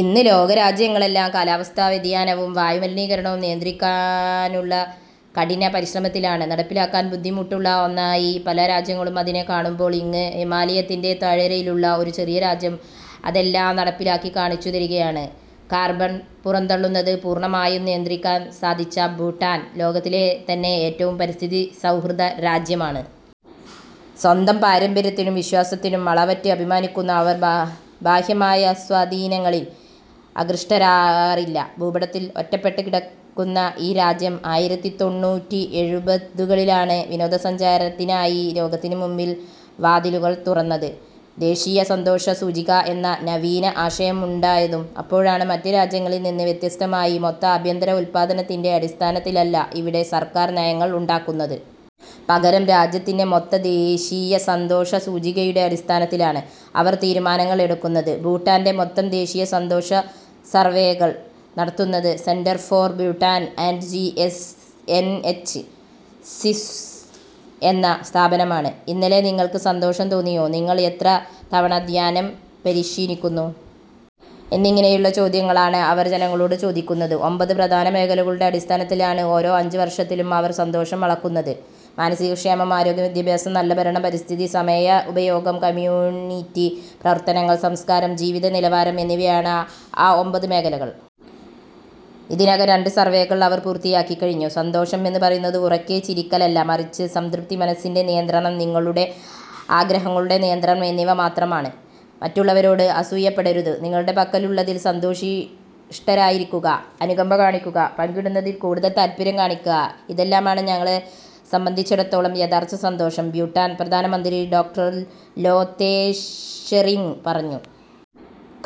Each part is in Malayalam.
ഇന്ന് ലോക രാജ്യങ്ങളെല്ലാം കാലാവസ്ഥാ വ്യതിയാനവും വായു മലിനീകരണവും നിയന്ത്രിക്കാനുള്ള കഠിന പരിശ്രമത്തിലാണ്. നടപ്പിലാക്കാൻ ബുദ്ധിമുട്ടുള്ള ഒന്നായി പല രാജ്യങ്ങളും അതിനെ കാണുമ്പോൾ ഇങ്ങ് ഹിമാലയത്തിൻ്റെ താഴ്വരയിലുള്ള ഒരു ചെറു രാജ്യം അതെല്ലാം നടപ്പിലാക്കി കാണിച്ചു തരികയാണ്. കാർബൺ പുറന്തള്ളുന്നത് പൂർണ്ണമായും നിയന്ത്രിക്കാൻ സാധിച്ച ഭൂട്ടാൻ, ലോകത്തിലെ തന്നെ ഏറ്റവും പരിസ്ഥിതി സൗഹൃദ രാജ്യമാണ്. സ്വന്തം പാരമ്പര്യത്തിലും വിശ്വാസത്തിലും അളവറ്റ് അഭിമാനിക്കുന്ന അവർ ബ കിബാഹ്യമായ സ്വാധീനങ്ങളിൽ ആകൃഷ്ടരാകാറില്ല. ഭൂപടത്തിൽ ഒറ്റപ്പെട്ടു കിടക്കുന്ന ഈ രാജ്യം ആയിരത്തി തൊണ്ണൂറ്റി എഴുപതുകളിലാണ് വിനോദസഞ്ചാരത്തിനായി ലോകത്തിന് മുമ്പിൽ വാതിലുകൾ തുറന്നത്. 'ദേശീയ സന്തോഷ സൂചിക' എന്ന നവീന ആശയം ഉണ്ടായതും അപ്പോഴാണ്. മറ്റ് രാജ്യങ്ങളിൽ നിന്ന് വ്യത്യസ്തമായി മൊത്ത ആഭ്യന്തര ഉൽപ്പാദനത്തിൻ്റെ അടിസ്ഥാനത്തിലല്ല ഇവിടെ സർക്കാർ നയങ്ങൾ ഉണ്ടാക്കുന്നത്. പകരം രാജ്യത്തിൻ്റെ മൊത്ത ദേശീയ സന്തോഷ സൂചികയുടെ അടിസ്ഥാനത്തിലാണ് അവർ തീരുമാനങ്ങൾ എടുക്കുന്നത്. ഭൂട്ടാൻ്റെ മൊത്തം ദേശീയ സന്തോഷ സർവേകൾ നടത്തുന്നത് centre for Bhutan and G N H studies എന്ന സ്ഥാപനമാണ്. "ഇന്നലെ നിങ്ങൾക്ക് സന്തോഷം തോന്നിയോ? നിങ്ങൾ എത്ര തവണ ധ്യാനം പരിശീലിക്കുന്നു?" എന്നിങ്ങനെയുള്ള ചോദ്യങ്ങളാണ് അവർ ജനങ്ങളോട് ചോദിക്കുന്നത്. ഒമ്പത് പ്രധാന മേഖലകളുടെ അടിസ്ഥാനത്തിലാണ് ഓരോ അഞ്ച് വർഷത്തിലും അവർ സന്തോഷം അളക്കുന്നത്. മാനസിക ക്ഷേമം ആരോഗ്യം, വിദ്യാഭ്യാസം, നല്ല ഭരണം, പരിസ്ഥിതി, സമയ ഉപയോഗം, കമ്മ്യൂണിറ്റി പ്രവർത്തനങ്ങൾ, സംസ്കാരം, ജീവിത നിലവാരം എന്നിവയാണ് ആ ഒമ്പത് മേഖലകൾ. ഇതിനകം രണ്ട് സർവേകൾ അവർ പൂർത്തിയാക്കി കഴിഞ്ഞു. സന്തോഷം എന്ന് പറയുന്നത് ഉറക്കെ ചിരിക്കലല്ല മറിച്ച് സംതൃപ്തി മനസ്സിൻ്റെ നിയന്ത്രണം നിങ്ങളുടെ ആഗ്രഹങ്ങളുടെ നിയന്ത്രണം എന്നിവ മാത്രമാണ്. മറ്റുള്ളവരോട് അസൂയപ്പെടരുത് നിങ്ങളുടെ പക്കലുള്ളതിൽ സന്തുഷ്ടരായിരിക്കുക അനുകമ്പ കാണിക്കുക പങ്കിടുന്നതിൽ കൂടുതൽ താല്പര്യം കാണിക്കുക ഇതെല്ലാമാണ് ഞങ്ങളെ സംബന്ധിച്ചിടത്തോളം യഥാർത്ഥ സന്തോഷം ഭൂട്ടാൻ പ്രധാനമന്ത്രി ഡോക്ടർ ലോതേ ഷെറിംഗ് പറഞ്ഞു.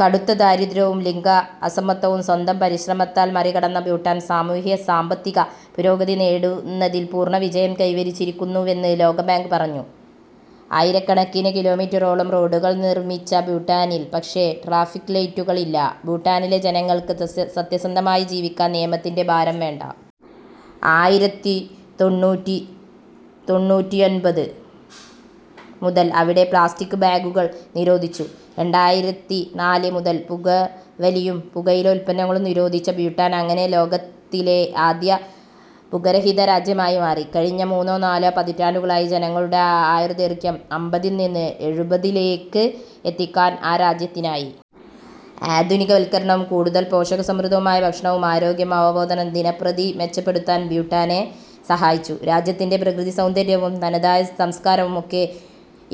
കടുത്ത ദാരിദ്ര്യവും ലിംഗ അസമത്വവും സ്വന്തം പരിശ്രമത്താൽ മറികടന്ന ഭൂട്ടാൻ സാമൂഹ്യ, സാമ്പത്തിക പുരോഗതി നേടുന്നതിൽ പൂർണ്ണ വിജയം കൈവരിച്ചിരിക്കുന്നുവെന്ന് ലോകബാങ്ക് പറഞ്ഞു. ആയിരക്കണക്കിന് കിലോമീറ്ററോളം റോഡുകൾ നിർമ്മിച്ച ഭൂട്ടാനിൽ പക്ഷേ ട്രാഫിക് ലൈറ്റുകൾ ഇല്ല. ഭൂട്ടാനിലെ ജനങ്ങൾക്ക് സത്യസന്ധമായി ജീവിക്കാൻ നിയമത്തിൻ്റെ ഭാരം വേണ്ട. ആയിരത്തി തൊണ്ണൂറ്റി തൊണ്ണൂറ്റി ഒമ്പത് മുതൽ അവിടെ പ്ലാസ്റ്റിക് ബാഗുകൾ നിരോധിച്ചു. രണ്ടായിരത്തി നാല് മുതൽ പുകവലിയും പുകയില ഉൽപ്പന്നങ്ങളും നിരോധിച്ച ഭൂട്ടാൻ, അങ്ങനെ ലോകത്തിലെ ആദ്യത്തെ പുകരഹിത രാജ്യമായി മാറി. കഴിഞ്ഞ മൂന്നോ നാലോ പതിറ്റാണ്ടുകളായി ജനങ്ങളുടെ ആയുർദൈർഘ്യം അമ്പതിൽ നിന്ന് എഴുപതിലേക്ക് എത്തിക്കാൻ ആ രാജ്യത്തിനായി. ആധുനികവൽക്കരണവും കൂടുതൽ പോഷകസമൃദ്ധമായ ഭക്ഷണവും ആരോഗ്യ അവബോധവും ദിനംപ്രതി മെച്ചപ്പെടുത്താൻ ഭൂട്ടാനെ സഹായിച്ചു. രാജ്യത്തിൻ്റെ പ്രകൃതി സൗന്ദര്യവും തനതായ സംസ്കാരവും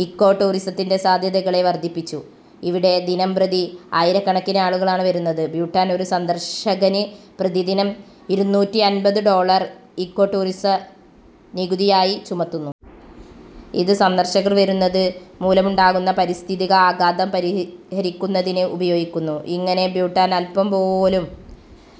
ഇക്കോ ടൂറിസത്തിൻ്റെ സാധ്യതകളെ വർദ്ധിപ്പിച്ചു. ഇവിടെ ദിനംപ്രതി ആയിരക്കണക്കിന് ആളുകളാണ് വരുന്നത്. ഭൂട്ടാൻ ഒരു സന്ദർശകന് പ്രതിദിനം ഇരുനൂറ്റി അമ്പത് ഡോളർ ഇക്കോ ടൂറിസം നികുതിയായി ചുമത്തുന്നു. ഇത് സന്ദർശകർ വരുന്നത് മൂലമുണ്ടാകുന്ന പാരിസ്ഥിതിക ആഘാതം പരിഹരിക്കുന്നതിന് ഉപയോഗിക്കുന്നു. ഇങ്ങനെ ഭൂട്ടാൻ അല്പം പോലും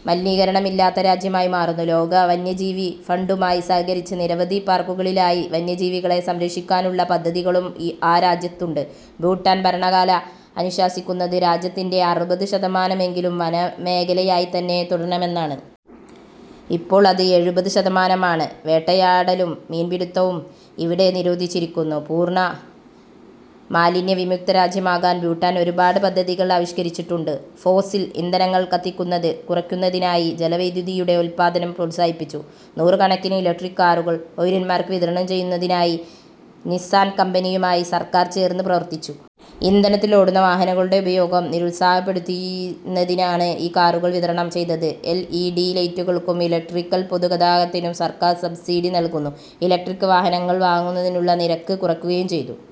മലിനീകരണമില്ലാത്ത രാജ്യമായി മാറുന്നു. ലോക വന്യജീവി ഫണ്ടുമായി സഹകരിച്ച് നിരവധി പാർക്കുകളിലായി വന്യജീവികളെ സംരക്ഷിക്കാനുള്ള പദ്ധതികളും ആ രാജ്യത്തുണ്ട്. ഭൂട്ടാൻ ഭരണഘടന അനുശാസിക്കുന്നത് രാജ്യത്തിൻ്റെ അറുപത് ശതമാനമെങ്കിലും വനമേഖലയായി തന്നെ തുടരണമെന്നാണ്. ഇപ്പോൾ അത് എഴുപത് ശതമാനമാണ്. വേട്ടയാടലും മീൻപിടുത്തവും ഇവിടെ നിരോധിച്ചിരിക്കുന്നു. പൂർണ്ണ മാലിന്യവിമുക്ത രാജ്യമാകാൻ ഭൂട്ടാൻ ഒരുപാട് പദ്ധതികൾ ആവിഷ്കരിച്ചിട്ടുണ്ട്. ഫോസിൽ ഇന്ധനങ്ങൾ കത്തിക്കുന്നത് കുറയ്ക്കുന്നതിനായി ജലവൈദ്യുതിയുടെ ഉൽപ്പാദനം പ്രോത്സാഹിപ്പിച്ചു. നൂറുകണക്കിന് ഇലക്ട്രിക് കാറുകൾ പൗരന്മാർക്ക് വിതരണം ചെയ്യുന്നതിനായി നിസ്സാൻ കമ്പനിയുമായി സർക്കാർ ചേർന്ന് പ്രവർത്തിച്ചു. ഇന്ധനത്തിൽ ഓടുന്ന വാഹനങ്ങളുടെ ഉപയോഗം നിരുത്സാഹപ്പെടുത്തുന്നതിനാണ് ഈ കാറുകൾ വിതരണം ചെയ്തത്. എൽ ഇ ഡി ലൈറ്റുകൾക്കും ഇലക്ട്രിക്കൽ പൊതുഗതാഗതത്തിനും സർക്കാർ സബ്സിഡി നൽകുകയും ഇലക്ട്രിക് വാഹനങ്ങൾ വാങ്ങുന്നതിനുള്ള നിരക്ക് കുറയ്ക്കുകയും ചെയ്തു.